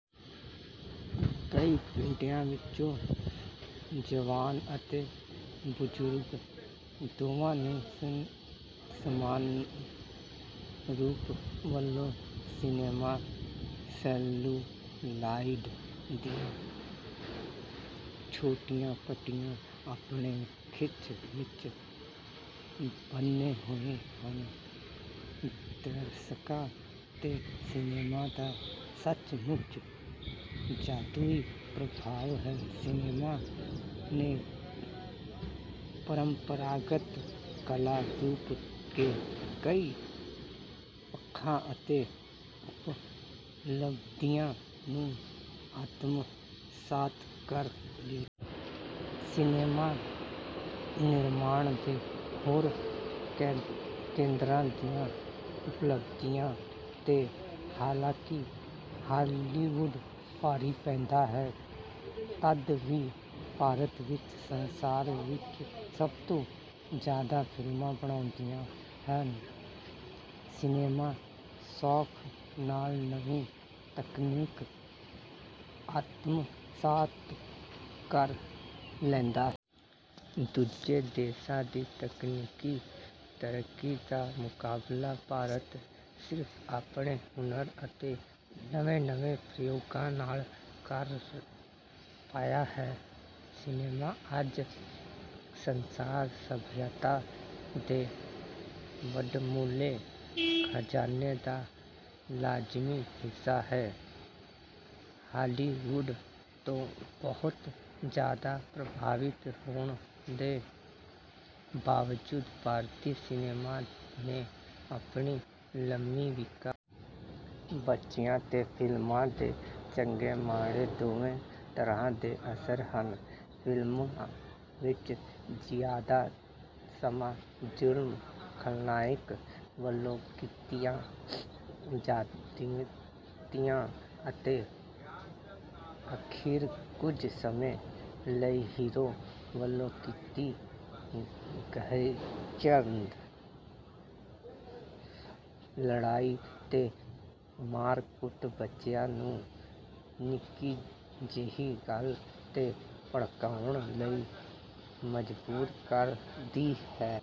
ਕਈ ਪੀੜ੍ਹੀਆਂ ਵੱਲੋਂ, ਜਵਾਨ ਅਤੇ ਬਜ਼ੁਰਗ, ਦੋਵਾਂ ਨੂੰ ਸਮਾਨ ਰੂਪ ਵੱਲੋਂ ਸਿਨੇਮਾ ਸੈਲੂਲਾਇਡ ਦੀਆਂ ਛੋਟੀਆਂ ਪੱਟੀਆਂ ਆਪਣੇ ਖਿੱਚ ਵਿੱਚ ਬੰਨ੍ਹੇ ਹੋਏ ਹਨ। ਦਰਸ਼ਕਾਂ 'ਤੇ ਸਿਨੇਮਾ ਦਾ ਸੱਚਮੁੱਚ ਜਾਦੂਈ ਪ੍ਰਭਾਵ ਹੈ। ਸਿਨੇਮਾ ਨੇ ਪਰੰਪਰਾਗਤ ਕਲਾ ਰੂਪਾਂ ਦੇ ਕਈ ਪੱਖਾਂ ਅਤੇ ਉਪਲੱਬਧੀਆਂ ਨੂੰ ਆਤਮਸਾਤ ਕਰ ਲਿਆ ਹੈ। ਸਿਨੇਮਾ ਨਿਰਮਾਣ ਦੇ ਹੋਰ ਕੇਂਦਰਾਂ ਦੀਆਂ ਉਪਲੱਬਧੀਆਂ 'ਤੇ ਹਾਲਾਂਕਿ ਹਾਲੀਵੁਡ ਭਾਰੀ ਪੈਂਦਾ ਹੈ, ਤਦ ਵੀ ਭਾਰਤ ਵਿੱਚ ਸੰਸਾਰ ਵਿੱਚ ਸਭ ਤੋਂ ਜ਼ਿਆਦਾ ਫਿਲਮਾਂ ਬਣਦੀਆਂ ਹਨ। ਸਿਨੇਮਾ ਸੌਖ ਨਾਲ ਨਵੀਂ ਤਕਨੀਕ ਆਤਮਸਾਤ ਕਰ ਲੈਂਦਾ ਹੈ। ਦੂਜੇ ਦੇਸ਼ਾਂ ਦੀ ਤਕਨੀਕੀ ਤਰੱਕੀ ਦਾ ਮੁਕਾਬਲਾ ਭਾਰਤ ਸਿਰਫ ਆਪਣੇ ਹੁਨਰ ਅਤੇ ਨਵੇਂ-ਨਵੇਂ ਪ੍ਰਯੋਗਾਂ ਨਾਲ ਕਰ ਪਾਇਆ ਹੈ। ਸਿਨੇਮਾ ਅੱਜ ਸੰਸਾਰ ਸਭਿਅਤਾ ਦੇ ਵਡਮੁੱਲੇ ਖਜ਼ਾਨੇ ਦਾ ਲਾਜ਼ਮੀ ਹਿੱਸਾ ਹੈ। ਹਾਲੀਵੁਡ ਤੋਂ ਬਹੁਤ ਜ਼ਿਆਦਾ ਪ੍ਰਭਾਵਿਤ ਹੋਣ ਦੇ ਬਾਵਜੂਦ ਭਾਰਤੀ ਸਿਨੇਮਾ ਨੇ ਆਪਣੀ ਲੰਮੀ ਵਿਕਾਸ ਯਾਤਰਾ ਵਿੱਚ ਆਪਣੀ ਪਹਿਚਾਣ, ਆਤਮਾ ਅਤੇ ਦਰਸ਼ਕਾਂ ਨੂੰ ਬਚਾਈ ਰੱਖਿਆ ਹੈ। ਬੱਚਿਆਂ 'ਤੇ ਫਿਲਮਾਂ ਦੇ ਚੰਗੇ-ਮਾੜੇ ਦੋਵੇਂ ਤਰ੍ਹਾਂ ਦੇ ਅਸਰ ਹਨ। ਫ਼ਿਲਮਾਂ ਵਿੱਚ ਜ਼ਿਆਦਾ ਸਮਾਂ ਜ਼ੁਲਮ, ਖਲਨਾਇਕ ਵੱਲੋਂ ਕੀਤੀਆਂ ਜ਼ਿਆਦਤੀਆਂ ਅਤੇ ਅਖੀਰ ਕੁਝ ਸਮੇਂ ਲਈ ਹੀਰੋ ਵੱਲੋਂ ਕੀਤੀ ਗਹਿਗੱਚ ਲੜਾਈ ਤੇ ਮਾਰ-ਕੁੱਟ ਬੱਚਿਆਂ ਨੂੰ ਨਿੱਕੀ ਜਿਹੀ ਗੱਲ 'ਤੇ ਭੜਕਣ ਲਈ ਮਜਬੂਰ ਕਰਦੀ ਹੈ।